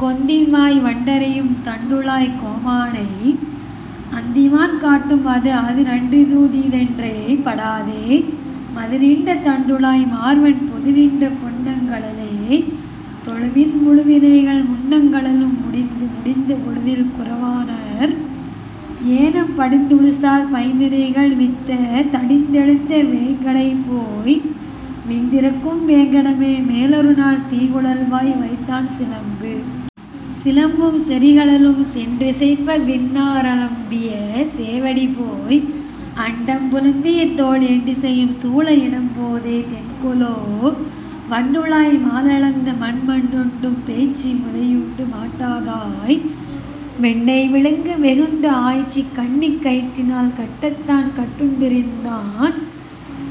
கொந்தின்வாய் வண்டறையும் தண்டுழாய்க் கோமானை, அந்திவான் காட்டும் அது. அதுநன் றிதுதீதென் றையப் படாதே, மதுநின்ற தண்டுழாய் மார்வன், பொதுநின்ற பொன்னங் கழலே தொழுமின், முழுவினைகள் முன்னங் கழலும் முடிந்து. முடிந்த பொழுதில் குறவாணர், ஏனம் படிந்துழுசால் பைந்தினைகள் வித்த, தடிந்தெழுந்த வேய்ங்கழைபோய் விண்திறக்கும் வேங்கடமே, மேலொருநாள் தீங்குழல்வாய் வைத்தான் சிலம்பு. சிலம்பும் செறிகழலும் சென்றிசைப்ப, விண்ணா றலம்பிய சேவடிபோய், அண்டம் புலம்பியதோள் எண்டிசையும் சூழ இடம்போதா தென்கொலோ, வண்டுழாய் மாலளந்த மண்? மண்ணுண்டும் பேய்ச்சி முலையுண்டு மாற்றாதாய், வெண்ணெய் விழுங்க வெகுண்டு, ஆய்ச்சி கண்ணிக் கயிற்றினால் கட்டத்தான் கட்டுண் டிருந்தான்,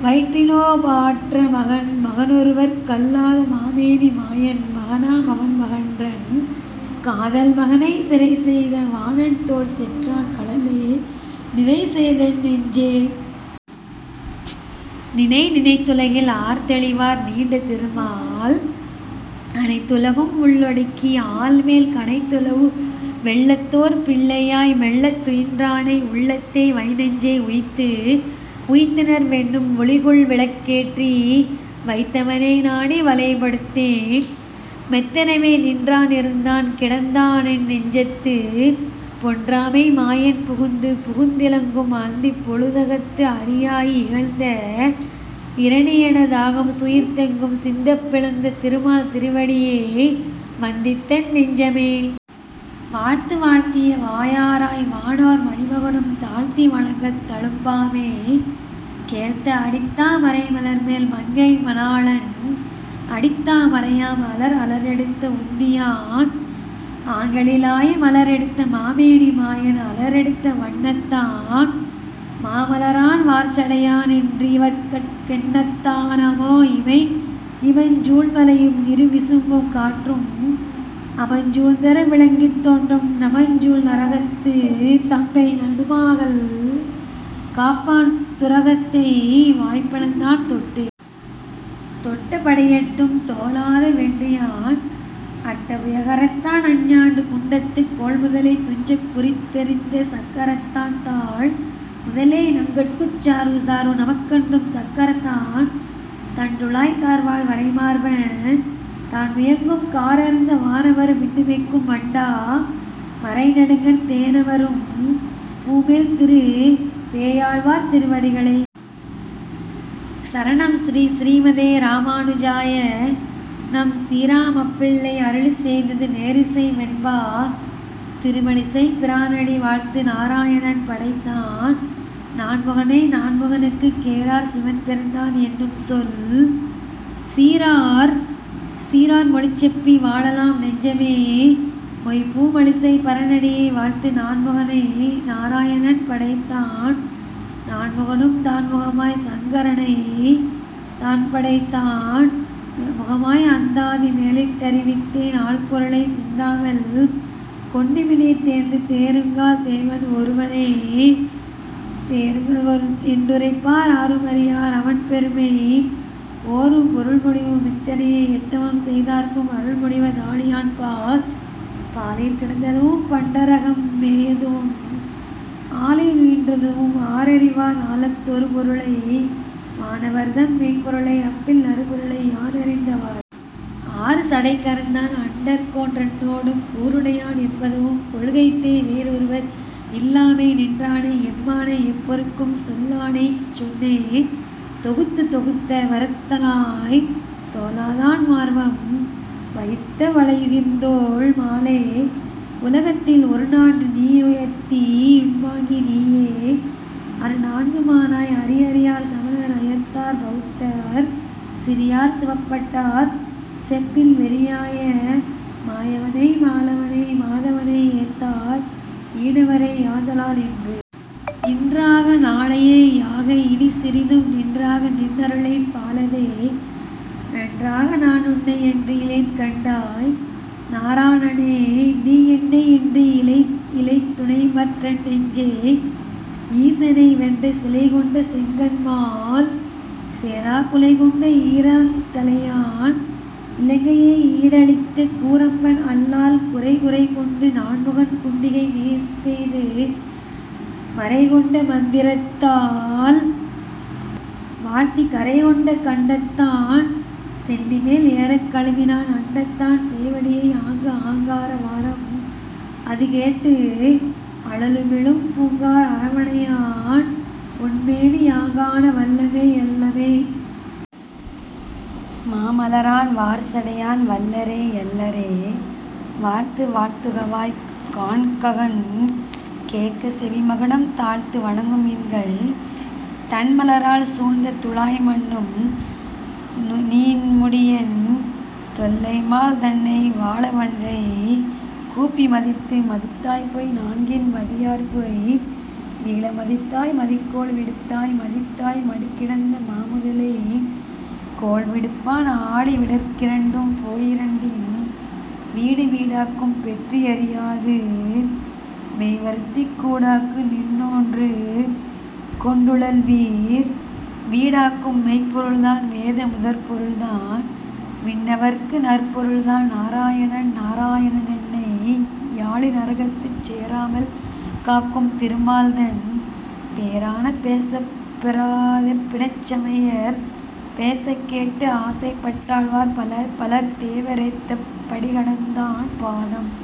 வயிற்றினோ டாற்றா மகன். மகனொருவர்க் கல்லாத மாமேனி மாயன், மகனா மவன்மகன்றன் காதல் மகனை சிறைசெய்த வாணன்தோள் செற்றான் கழலே நிறைசெய்தென் நெஞ்சே. நினை. நினைத்துலகில் ஆர்தெளிவார் நீண்ட திருமால், அனைத்துலகும் உள்ளொடுக்கி ஆல்மேல், கனைத்துலவு வெள்ளத்தோர் பிள்ளையாய் மெள்ளத் துயின்றானை, உள்ளத்தே வைநெஞ்சே. உய்த்து. உய்த்துணர் வென்னும் ஒளிகொள் விளக்கேற்றி, வைத்தவனை நாடி வலைப்படுத்தேன், மெத்தெனவே நின்றா னிருந்தான் கிடந்தானென் னெஞ்சத்து, பொன்றாமை மாயன் புகுந்து. புகுந்திலங்கும் அந்திப் பொழுதகத்து, அரியாய் இகழ்ந்த இரணியன தாகம், சுகிர்ந்தெங்கும் சிந்தப் பிளந்த திருமால் திருவடியே வந்தித்தென் னெஞ்சமே. வாழ்த்து. வாழ்த்திய வாயராய் வானோர் மணிமகுடம் தாழ்த்தி வணங்கத் தழும்பாமே, கேழ்த்த அடித்தா மரைமலர்மேல் மங்கை மணாளன், அடித்தா மரையாம் அலர். அலரெடுத்த வுந்தியான் ஆங்கெழி லாய, மலரெடுத்த மாமேனி மாயன், அலரெடுத்த வண்ணத்தான் மாமலரான் வார்சடையா னென்றிவர்கட் கெண்ணத்தா னாமோ இமை? இமஞ்சூழ் மலையும் இருவிசும்பும் காற்றும், அமஞ்சூழ்ந் தறவிளங்கித் தோன்றும், நமஞ்சூழ் நரகத்து தம்மை நணுகாமல் காப்பான், துரகத்தை வாய்பிளந்தான் தொட்டு. தொட்ட படையெட்டும் தோலாத வென்றியான், அட்ட புயகரத்தான் அஞ்ஞான்று, குட்டத்துக் கோள்முதலை துஞ்சக் குறித்தெறிந்த சக்கரத்தான் தாள் முதலே நங்கட்குச் சார்வு. சார்வு நமக்கென்றும் சக்கரத்தான், தண்டுழாய்த் தார்வாழ் வரைமார்பன் தான்முயங்கும், காரார்ந்த வானமரு மின்னிமைக்கும் வண்டா மரைநெடுங்கண், தேனமரும் பூமேல் திரு. பேயாழ்வார் திருவடிகளே சரணம் ஸ்ரீ: ஸ்ரீமதே ராமானுஜாய நம: சீராமப்பிள்ளை அருளிச்செய்தது நேரிசை வெண்பா திருமழிசைப்பிரானடி வாழ்த்து நாரா யணன்படைத்தான் நான்முகனை, நான்முகனுக் கேரார் சிவன்பிறந்தான் என்னும்சொல் சீரார் மொழிசெப்பி வாழலாம் நெஞ்சமே, மொய்பூ மழிசைப் பரனடியே வாழ்த்து நான்முகனை நாரா யணன்படைத்தான், நான்முகனும் தான்முகமாய்ச் சங்கரனைத் தான்படைத்தான், யான் முகமாய் அந்தாதி மேலிட் டறிவித்தேன் ஆழ்பொருளை, சிந்தாமல் கொண்மினீர் தேர்ந்து தேருங்கால் தேவன் ஒருவனே, என்றுரைப்பர் ஆருமறியார் அவன்பெருமை, ஓரும் பொருள்முடிவு மித்தனையே எத்தவம்செய் தார்க்கும் அருள்முடிவ தாழியான் பால் பாலிற் கிடந்ததுவும் பண்டரகம் மேயதுவும், ஆலிற் றுயின்றதுவும் ஆரறிவார், ஞாலத் தொருபொருளை வானவர்தம் மெய்ப்பொருளை, அப்பில் அருபொருளை யானறிந்த வாறு? ஆறு சடைக்கரந்தான் அண்டர்கோன் றன்னோடும், கூறுடையன் என்பதுவும் கொள்கைத்தே, வேறொருவர் இல்லாமை நின்றானை எம்மானை, எப்பொருட்கும் சொல்லானைச் சொன்னேன் தொகுத்து தொகுத்த வரத்தனாய்த் தோலாதான் மார்வம், வகிர்த்த வளையுகிர்த்தோள் மாலே, உகத்தில் ஒருநான்று நீயுயர்த்தி யுள்வாங்கி நீயே, அருநான்கு மானாய் அறி அறியார் சமணர் அயர்த்தார் பவுத்தர், சிறியார் சிவப்பட்டார் செப்பில், வெறியாய மாயவனை மாலவனை மாதவனை ஏத்தார் ஈனவரே யாதலால் இன்று. இன்றாக நாளையே யாக, இனிச்சிறிதும் நின்றாக நின்னருளென் பாலதே, நன்றாக நானுன்னை யன்றி யிலேன்கண்டாய், நாரணனே நீயென்னை யன்றி யிலை இலைதுணைமற் றென்னெஞ்சே ஈசனை வென்ற சிலைகொண்ட செங்கண்மால் சேரா குலைகொண்ட ஈரைந் தலையான் இலங்கையை யீடழித்த கூரம்பன் அல்லால் குறை குறைகொண்டு நான்முகன் குண்டிகைநீர் பெய்து மறைகொண்ட மந்திரத்தால் வாழ்த்தி, கறைகொண்ட கண்டத்தான் சென்னிமேல் ஏறக் கழுவினான் அண்டத்தான் சேவடியை ஆங்கு ஆங்கார வாரம் அதுகேட்டு, அழலுமிழும் பூங்கார் அரவணையான் பொன்மேனி, யாங்காண வல்லமே யல்லமே? மாமலரான் வார்சடையான் வல்லரே யல்லரே? வாழ்த்து வாழ்த்துகவாய் காண்ககண் கேட்க செவிமகுடம் தாழ்த்து வணங்குமின்கள் தண்மலரால், சூழ்த்த துழாய்மன்னும் நீண்முடியென் தொல்லைமால் த்ன்னை வழாவண்கை கூப்பி மதித்து மதித்தாய்போய் நான்கின் மதியார்போய் வீழ மதித்தாய் மதிகோள் விடுத்தாய், மதித்தாய் மடுகிடந்த மாமுதலை கோள்விடுப்பான், ஆழி விடற்கிரண்டும் போயிரண்டின் வீடு வீடாக்கும் பெற்றி யறியாது மெய்வருத்திக் கூடாக்கு நின்றூண்டு கொண்டுழல்வீர், வீடாக்கும் மெய்ப்பொருள்தான் வேத முதற்ப்பொருள்தான், விண்ணவர்க்கு நற்பொருள்தான் நாரா யணன் நாரா யணனென்னை யாளி, நரகத்துச் சேராமல் காக்கும் திருமால்தன், பேரான பேசப் பெறாத பிணச்சமயர் பேசக்கேட்டு ஆசைப்பட் டாழ்வார் பலர் பலர்த்தேவ ரேத்தப் படிகடந்தான் பாதம்।